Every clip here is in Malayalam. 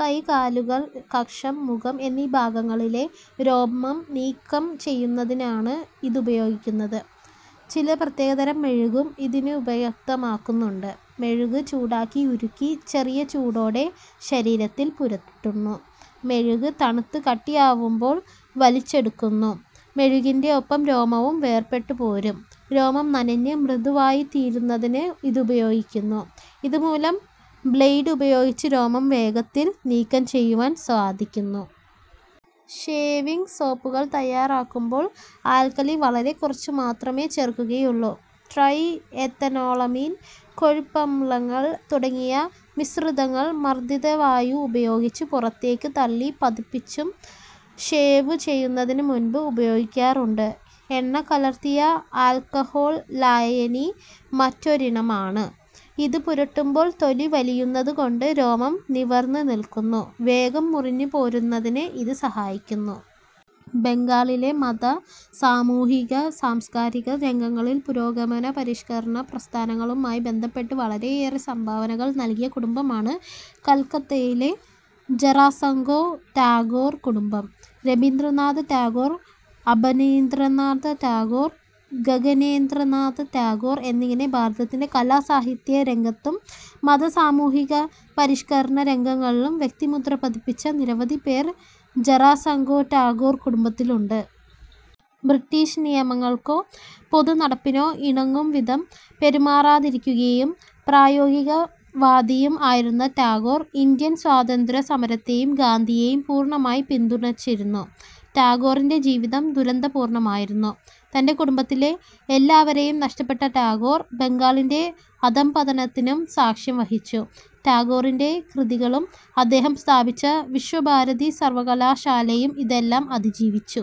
കൈകാലുകൾ, കക്ഷം, മുഖം എന്നീഭാഗങ്ങളിലെ രോമം നീക്കം ചെയ്യുന്നതിനാണ് ഇതുപയോഗിക്കുന്നത്. ചില പ്രത്യേകതരം മെഴുകും ഇതിനുപയുക്തമാക്കുന്നുണ്ട്. മെഴുക് ചൂടാക്കി ഉരുക്കി ചെറിയ ചൂടോടെ ശരീരത്തിൽ പുരട്ടുന്നു. മെഴുക് തണുത്തു കട്ടിയാവുമ്പോൾ വലിച്ചെടുക്കുന്നു; മെഴുകിന്റെ ഒപ്പം രോമവും വേർപെട്ടുപോരും. രോമം നനഞ്ഞ് മൃദുവായിത്തീരുന്നതിന് ഇതുപയോഗിക്കുന്നു. ഇതുമൂലം ബ്ളെയ്ഡ് ഉപയോഗിച്ച് രോമം വേഗത്തിൽ നീക്കംചെയ്യുവാൻ സാധിക്കുന്നു. ഷേവിങ് സോപ്പുകൾ തയ്യാറാക്കുമ്പോൾ ആൽക്കലി വളരെ കുറച്ചുമാത്രമേ ചേർക്കുകയുള്ളൂ. ട്രൈഎഥനോളമീൻ, കൊഴുപ്പമ്ളങ്ങൾ തുടങ്ങിയ മിശ്രിതങ്ങൾ മർദിതവായു ഉപയോഗിച്ച് പുറത്തേക്കു തള്ളി പതപ്പിച്ചും ഷേവു ചെയ്യുന്നതിനുമുൻപ് ഉപയോഗിക്കാറുണ്ട്. എണ്ണകലർത്തിയ ആൽക്കഹോൾ ലായനി മറ്റൊരിനമാണ്. ഇതു പുരട്ടുമ്പോൾ തൊലി വലിയുന്നതുകൊണ്ട് രോമം നിവർന്നുനില്ക്കുന്നു. വേഗം മുറിഞ്ഞുപോരുന്നതിന് ഇത് സഹായിക്കുന്നു. ബംഗാളിലെ മത, സാമൂഹിക, സാംസ്കാരിക രംഗങ്ങളിൽ പുരോഗമന പരിഷ്കരണ പ്രസ്ഥാനങ്ങളുമായി ബന്ധപ്പെട്ട് വളരെയേറെ സംഭാവനകൾ നൽകിയ കുടുംബമാണ് കൽക്കത്തയിലെ ജെറാസങ്കോ ടാഗോർ കുടുംബം. രബീന്ദ്രനാഥ ടാഗോർ, അബനീന്ദ്രനാഥ ടാഗോർ, ഗഗനേന്ദ്രനാഥ ടാഗോർ എന്നിങ്ങനെ ഭാരതത്തിന്റെ കലാസാഹിത്യ രംഗത്തും, മത-സാമൂഹിക പരിഷ്കരണ രംഗങ്ങളിലും വ്യക്തിമുദ്ര പതിപ്പിച്ച നിരവധി പേർ ജെറാസങ്കോ ടാഗോർ കുടുംബത്തിലുണ്ട്. ബ്രിട്ടീഷ് നിയമങ്ങൾക്കോ പൊതുനടപ്പിനോ ഇണങ്ങും വിധം പെരുമാറാതിരിക്കുകയും പ്രായോഗിക വാദിയും ആയിരുന്ന ടാഗോർ, ഇൻഡ്യൻ സ്വാതന്ത്ര്യ സമരത്തെയും ഗാന്ധിയെയും പൂർണ്ണമായി പിന്തുണച്ചിരുന്നു. ടാഗോറിന്റെ ജീവിതം ദുരന്തപൂർണ്ണമായിരുന്നു. തന്റെ കുടുംബത്തിലെ എല്ലാവരെയും നഷ്ടപ്പെട്ട ടാഗോർ ബംഗാളിന്റെ അധഃപതനത്തിനും സാക്ഷ്യം വഹിച്ചു. ടാഗോറിന്റെ കൃതികളും അദ്ദേഹം സ്ഥാപിച്ച വിശ്വഭാരതി സർവ്വകലാശാലയും ഇതെല്ലാം അതിജീവിച്ചു.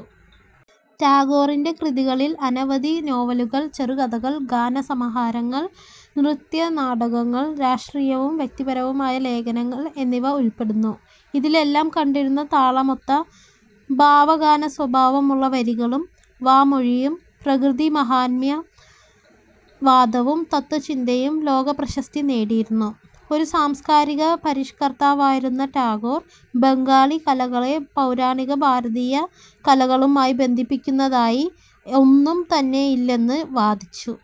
ടാഗോറിന്റെ കൃതികളിൽ അനവധി നോവലുകൾ, ചെറുകഥകൾ, ഗാന സമാഹാരങ്ങൾ, നൃത്ത്യ-നാടകങ്ങൾ, രാഷ്ട്രീയവും വ്യക്തിപരവുമായ ലേഖനങ്ങൾ എന്നിവ ഉൾപ്പെടുന്നു. ഇതിലെല്ലാം കണ്ടിരുന്ന താളമൊത്ത ഭാവഗാനസ്വഭാവമുള്ള വരികളും, വാമൊഴിയും, പ്രകൃതി മാഹാത്മ്യ വാദവും, തത്ത്വചിന്തയും ലോകപ്രശസ്തി നേടിയിരുന്നു. ഒരു സാംസ്കാരിക പരിഷ്കർത്താവായിരുന്ന ടാഗോർ, ബംഗാളി കലകളെ പൗരാണിക ഭാരതീയ കലകളുമായി ബന്ധിപ്പിക്കുന്നതായി ഒന്നും തന്നെയില്ലെന്നു വാദിച്ചു.